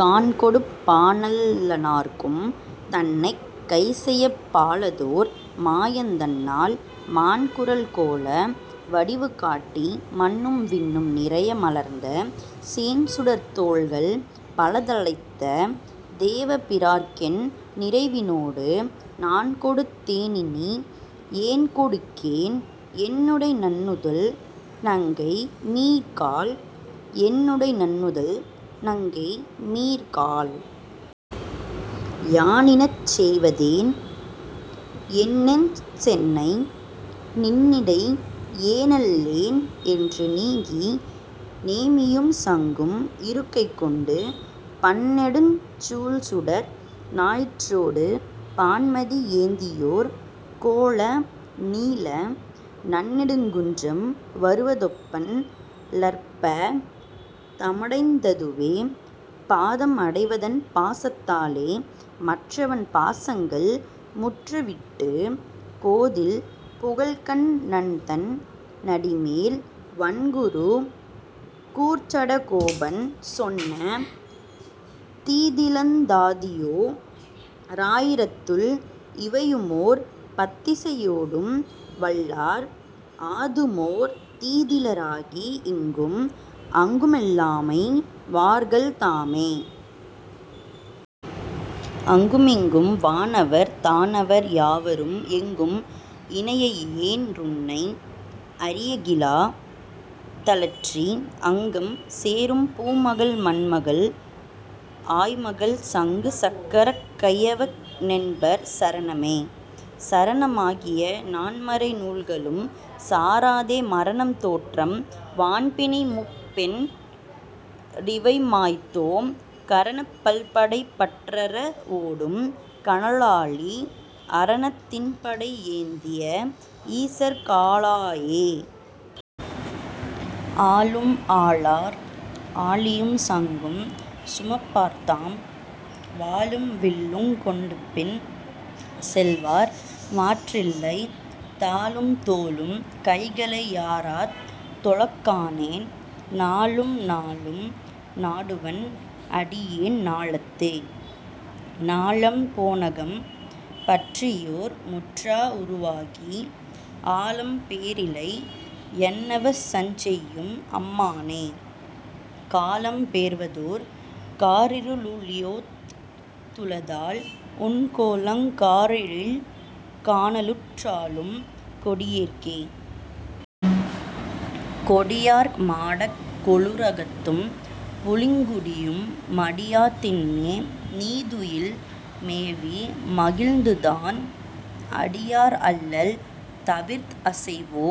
காண்கொடுப் பானல்ல னார்க்கும் தன்னைக்। கைசெயப் பாலதோர் மாயந் தன்னால், மாண்குறல் கோல வடிவு காட்டி மண்ணும் விண்ணும் நிறைய மலர்ந்த, சேண்சுடர்த் தோள்கள் பலத ழைத்த தேவ பிராற்கென் நிரைவினோடு, நாண்கொடுத் தேனினி யென்கொடுக்கேன் என்னுடை நன்னுதல் நங்கை மீர்காள்.. என்னுடை நன்னுதல் நங்கை மீர்காள். யானினச் செய்வதென்? என்நெஞ் சென்னை, நின்னிடை யேனல்லேன் என்று நீங்கி நேமியும் சங்கும் இருகைக் கொண்டு, பன்னெடுஞ் சூழ்சுடர் ஞாயிற் றோடு பான்மதி ஏந்தியொர் கோல நீல, நன்னெடுங் குன்றம் வருவ தொப்பான் லர்ப்பா தமடைந் ததுவே. பாதம் அடைவதன் பாசத் தாலே மற்றவன் பாசங்கள் முற்ற விட்டு, கோதில் புகழ்க்கண் ணன்தன் னடிமேல் வண்குரு கூர்ச்சட கோபன் சொன்ன, தீதிலந்தாதியோ ராயி ரத்துள் இவையுமோர் பத்திசை யோடும் வல்லார், ஆதுமோர் தீதில ராகி யிங்கும் அங்குமெல் லாமமை வார்கள் தாமே. அங்கு மிங்கும் வானவர் தானவர் யாவரும், எங்கும் இனையையென் றுன்னை அறியகிலா தலற்றி, அங்கம் சேரும் பூமகள் மண்மகள் ஆய்மகள், சங்கு சக்கரக் கையவ னென்பர் சரணமே.. சரண மாகிய நான்மறை நூல்களும் சாராதே, மரணம் தோற்றம் வான்பிணி மூப்பென் றிவைமாய்த்தோம், கரணப் பல்படை பற்றற வோடும் கனலாழி, அரணத் திண்படை யேந்திய ஈசற் காளாயே.. ஆளும் ஆளார் ஆழியும் சங்கும் சுமப்பார்தாம், வாளும் வில்லுங் கொண்டுபின் செல்வார் மாற்றில்லை, தாளும் தோளும் கைகளை யாரத் தொழக்காணேன், நாளும் நாளும் நாடுவன் அடியேன் ஞாலத்தே.. ஞாலம் போனகம் பற்றியோர் முற்றா வுருவாகி, ஆலம் பேரிலை யன்னவ சஞ்செய்யும் அம்மானே, காலம் பேர்வதோர் காரிரு ளுழியொத் துளதால், உன் கோலங் காரேழில் காணலுற் றாழும் கொடியேற்கே.. கொடியார் மாடக் கோளு ரகத்தும் புளிங்குடியும், மடியா தின்னே நீதுயில் மேவி மகிழ்ந்ததுதான், அடியார் அல்லல் தவிர்த்த அசைவோ?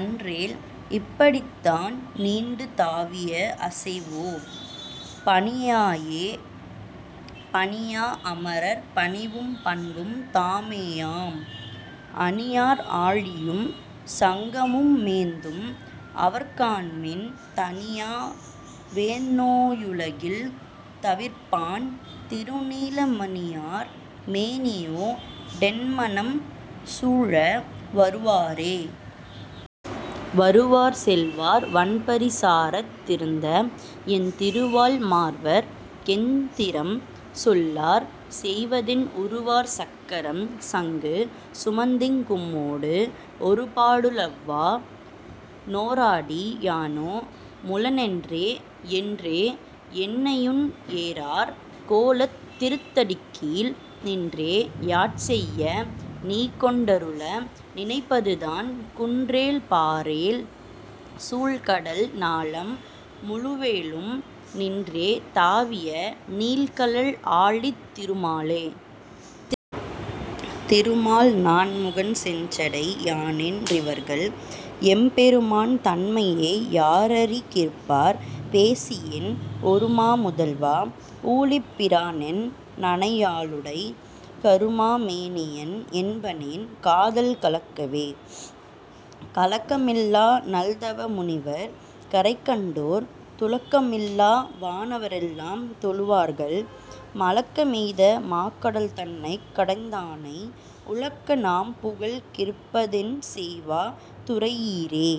அன்றேல், இப் படிதான் நீண்டு தாவிய அசைவோ? பணியாயே.. பணியா அமரர் பணிவும் பண்பும் தாமேயாம், அணியார் ஆழியும் சங்கமு மேந்தும் அவர்காண்மின், தணியா வெந்நோ யுலகில் தவிர்ப்பான், திருநீல மணியார் மேனியோ டென்மனம் சூழ வருவாரே.. வருவார் செல்வார் வண்பரி சாரத் திருந்த, என் திருவாழ் மார்வற் கென்திறம் சொல்லார் செய்வதென், உருவார் சக்கரம் சங்கு சுமந்திங் கும்மோடு, ஒருபா டுழல்வா னோரடி யானு முளனென்றே.. என்றே யென்னையுன் ஏரார் கோலத் திருந்தடிக்கீழ், நின்றே யாட்செய்ய நீகொண் டருள நினைப்பதுதான், குன்றெழ் பாரேழ் சூழ்கடல் ஞாலம் முழுவேழும், நின்றே தாவிய நீள்கழல் ஆழித் திருமாலே.. திருமால் நான்முகன் செஞ்சடை யானென் றிவர்கள், எம் பெருமான் தன்மையை யாரறி கிற்பார் பேசியென், ஒருமா முதல்வா. ஊழிப் பிரானென் னையாளுடை, கருமா மேனியன் என்பனென் காதல் கலக்கவே.. கலக்க மில்லா நல்தவ முனிவர் கரைகண்டோ ர், துளக்க மில்லா வானவ ரெல்லாம் தொழுவார்கள், மலக்க மெய்த மாகடல் தன்னைக் கடைந்தானை, உலக்க நாம்புகழ் கிற்பதென் செய்வ துரையீரே.